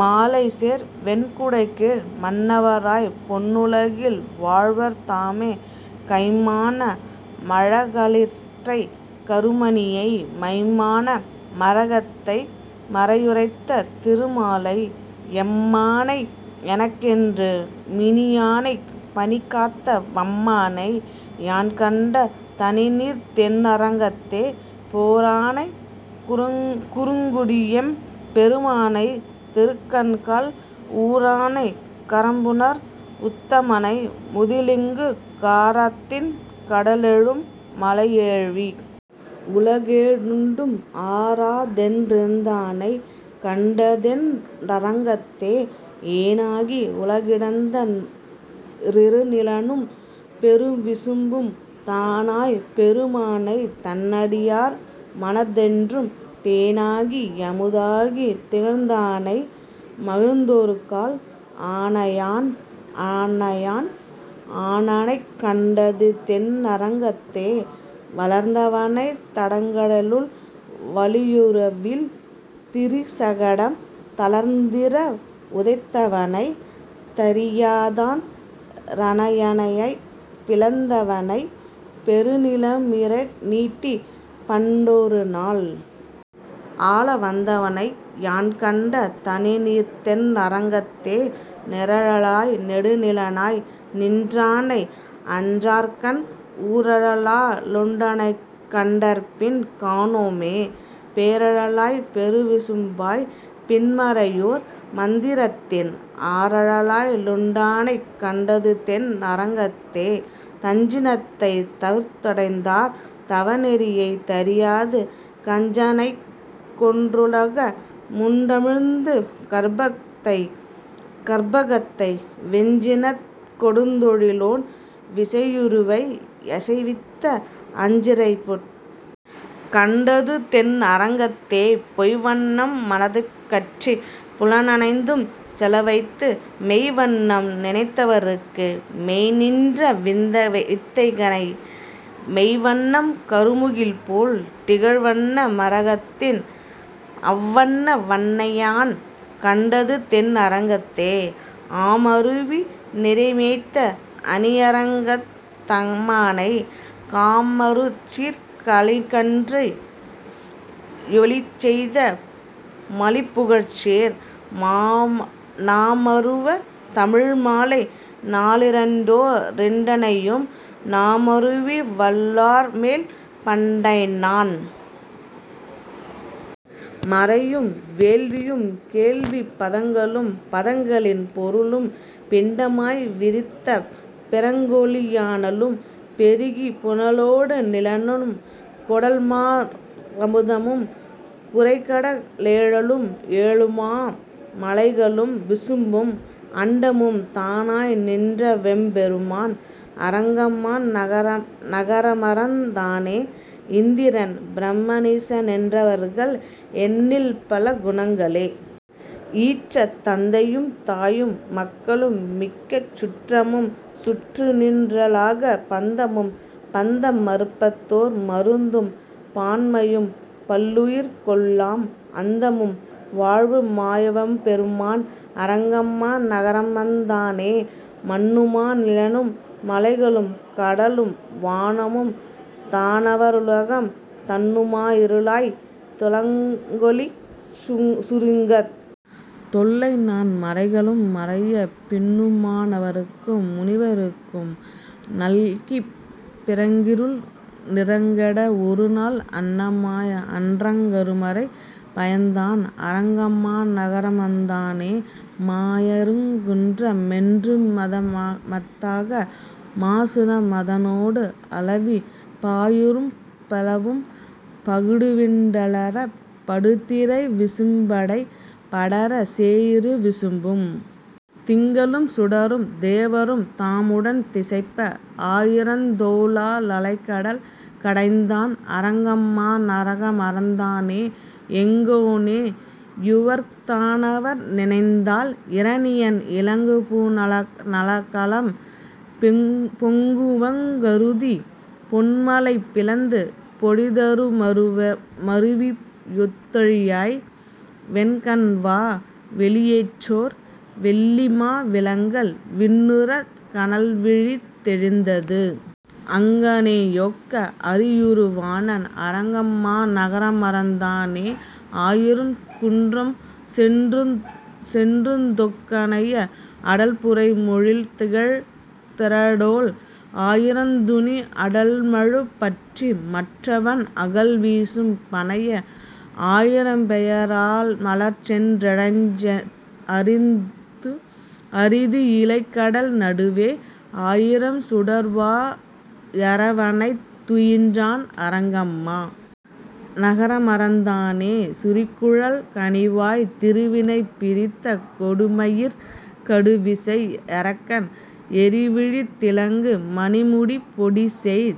மாலைசேர் வெண்குடைக்கீழ் மன்னவராய்ப் பொன்னுலகில் வாழ்வர் தாமே கைம்மான மழகளிற்றைக் கருமணியை, மைம்மான மரகதத்தை மறையுரைத்த திருமாலை, எம்மானை எனக்கென்று மினியானைப் பனிகாத்த வம்மானை, யான்கண்ட தணிநீர்த் தென் னரங்கத்தே பேரானைக் குறுங்குடியெம் பெருமானை, திருதண்கால் ஊரானைக் கரம்பனூர் உத்தமனை, முத்திலங்கு காரார்த்திண் கடலேழும் மலையேழிவ் வுலகேழுண்டும், அராதென் றிருந்தானைக் கண்டதுதென் னரங்கத்தே ஏனாகி யுலகிடந்தன் றிருநிலனும் பெருவிசும்பும், தானாய பெருமானைத் தன்னடியார் மனத்தென்றும் தேனாகி யமுதாகித் திகழ்ந்தானை, மகிழ்ந்தொருகால் ஆனயன் ஆனனைக் கண்டதுதென் னரங்கத்தே வளர்ந்தவனைத் தடங்கடலுள் வலியுருவில் திரிசகடம், தளர்ந்துதிர வுதைத்தவனைத் தரியாதன் றிரணியனைப் பிளந்தவனை, பெருநிலமீ ரடிநீட்டிப் பண்டொருநாள் ஆளவந்தவனை, யான்கண்ட தணிநீர்த்தென் னரங்கத்தே நீரழலாய் நெடுநிலனாய் நின்றானை, அன்றரக்கன் ஊரழலா லுண்டானைக் கண்டார்பின் காணாமே, பேரழலாய்ப் பெருவிசும்பாய்ப் பின்மறையோர் மந்திரத்தின், ஆரழலா லுண்டானைக் கண்டதுதென் னரங்கத்தே தஞ்சினத்தைத் தவிர்த்தடைந்தார் தவநெறியை, தரியாது கஞ்சனைக்கொன் றன்றுலக முண்டுமிழ்ந்த கற்பகத்தை, வெஞ்சினத்த கொடுந்தொழிலோன் விசையுருவை யசைவித்த, அஞ்சிறைப்புட் கண்டதுதென் னரங்கத்தே பொய்வண்ணம் மனத்தகற்றிப் புலனைந்தும் செலவைத்து, மெய்வண்ணம் நினைந்தவர்க்கு மெய்ந்நின்ற வித்தகனை, மைவண்ணம் கருமுகில்போல் திகழ்வண்ண மரதகத்தின், அவ்வண்ண வண்ணனையான் கண்டதுதென் னரங்கத்தே ஆமருவி நிரைமேய்த்த அணியரங்கத் தம்மானை, காமருசீர்க் கலிகன்றி யொலிசெய்த மலிபுகழ்சேர் நாமருவு தமிழ்மாலை நாலிரண்டோ டிரண்டினையும், நாமருவி வல்லார்மேல் பண்டைநான் மறையும் வேள்வியும் கேள்விப் பதங்களும் பதங்களின் பொருளும், பிண்டமாய் விரித்த பிறங்கொளி யனலும் பெருகிய புனலொடு நிலனும், கொடல்மா ருதமும் குரைகட லேழும் ஏழுமா மலைகளும் விசும்பும், அண்டமும் தானாய் நின்றவெம் பெருமான் அரங்கமா நகரமர்ந் தானே இந்திரன் பிரம னீசனென் றிவர்கள் எண்ணில்பல் குணங்களே யியற்ற, தந்தையும் தாயும் மக்களும் மிக்க சுற்றமும் சுற்றிநின் றகலாப் பந்தமும், பந்த மறுப்பதோர் மருந்தும் பான்மையும் பல்லுயிர்க் கெல்லாம், அந்தமும் வாழ்வு மாயவெம் பெருமான் அரங்கமா நகரமர்ந் தானே மன்னுமா நிலனும் மலைகளும் கடலும் வானமும் தானவ ருலகும், துன்னுமா யிருளாய்த் துலங்கொளி சுருங்கித் தொல்லைநான் மறைகளும் மறைய, பின்னும்வா னவர்க்கும் முனிவர்க்கும் நல்கிப் பிறங்கிருள் நிறங்கெட, ஒருநாள் அன்னமாய் அன்றங் கருமறை பயந்தான் அரங்கமா நகரமர்ந் தானே மாயிருங் குன்ற மொன்றுமத் தாக மாசுண மதனொடும் அளவி, பாயிரும் பௌவம் பகடுவிண் டலறப் படுதிரை விசும்பிடைப் படர, சேயிரு விசும்பும் திங்களும் சுடரும் தேவரும் தாமுடன் திசைப்ப, ஆயிரந் தோளா லலைகடல் கடைந்தான் அரங்கமா நகரமர்ந் தானே எங்ஙானே யுய்வர் தானவர் நினைந்தால் இரணியன் இலங்குபூ ணகலம், பொங்குவெங் குருதி பொன்மலை பிளந்து பொழிதரு மருவியொத் திழிய, வெங்கண்வா ளெயிற்றோர் வெள்ளிமா விலங்கல் விண்ணுறக் கனல்விழித் தெழுந்தது, அங்ஙனே யொக்க அரியுரு வானான் அரங்கமா நகரமர்ந் தானே ஆயிரும் குன்றம் சென்றுதொக் கனைய அடல்புரை யெழில்திகழ் திரடோள், ஆயிரந் துணிய அடல்மழுப் பற்றி மற்றவன் அகல்விசும் பணைய, ஆயிரம் பெயரா லமர்சென் றிறைஞ்ச அறிதுயி லலைகடல் நடுவே, ஆயிரம் சுடர்வா யரவணைத் துயின்றான் அரங்கமா நகரமர்ந் தானே சுரிகுழல் கனிவாய்த் திருவினைப் பிரித்த கொடுமையிற் கடுவிசை யரக்கன், எரிவிழித் திலங்கு மணிமுடி பொடிசெய்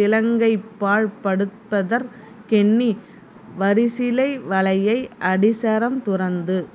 திலங்கைபாழ் படுப்பதற் கெண்ணி, வரிசிலை வளைய அடிசரம் துரந்து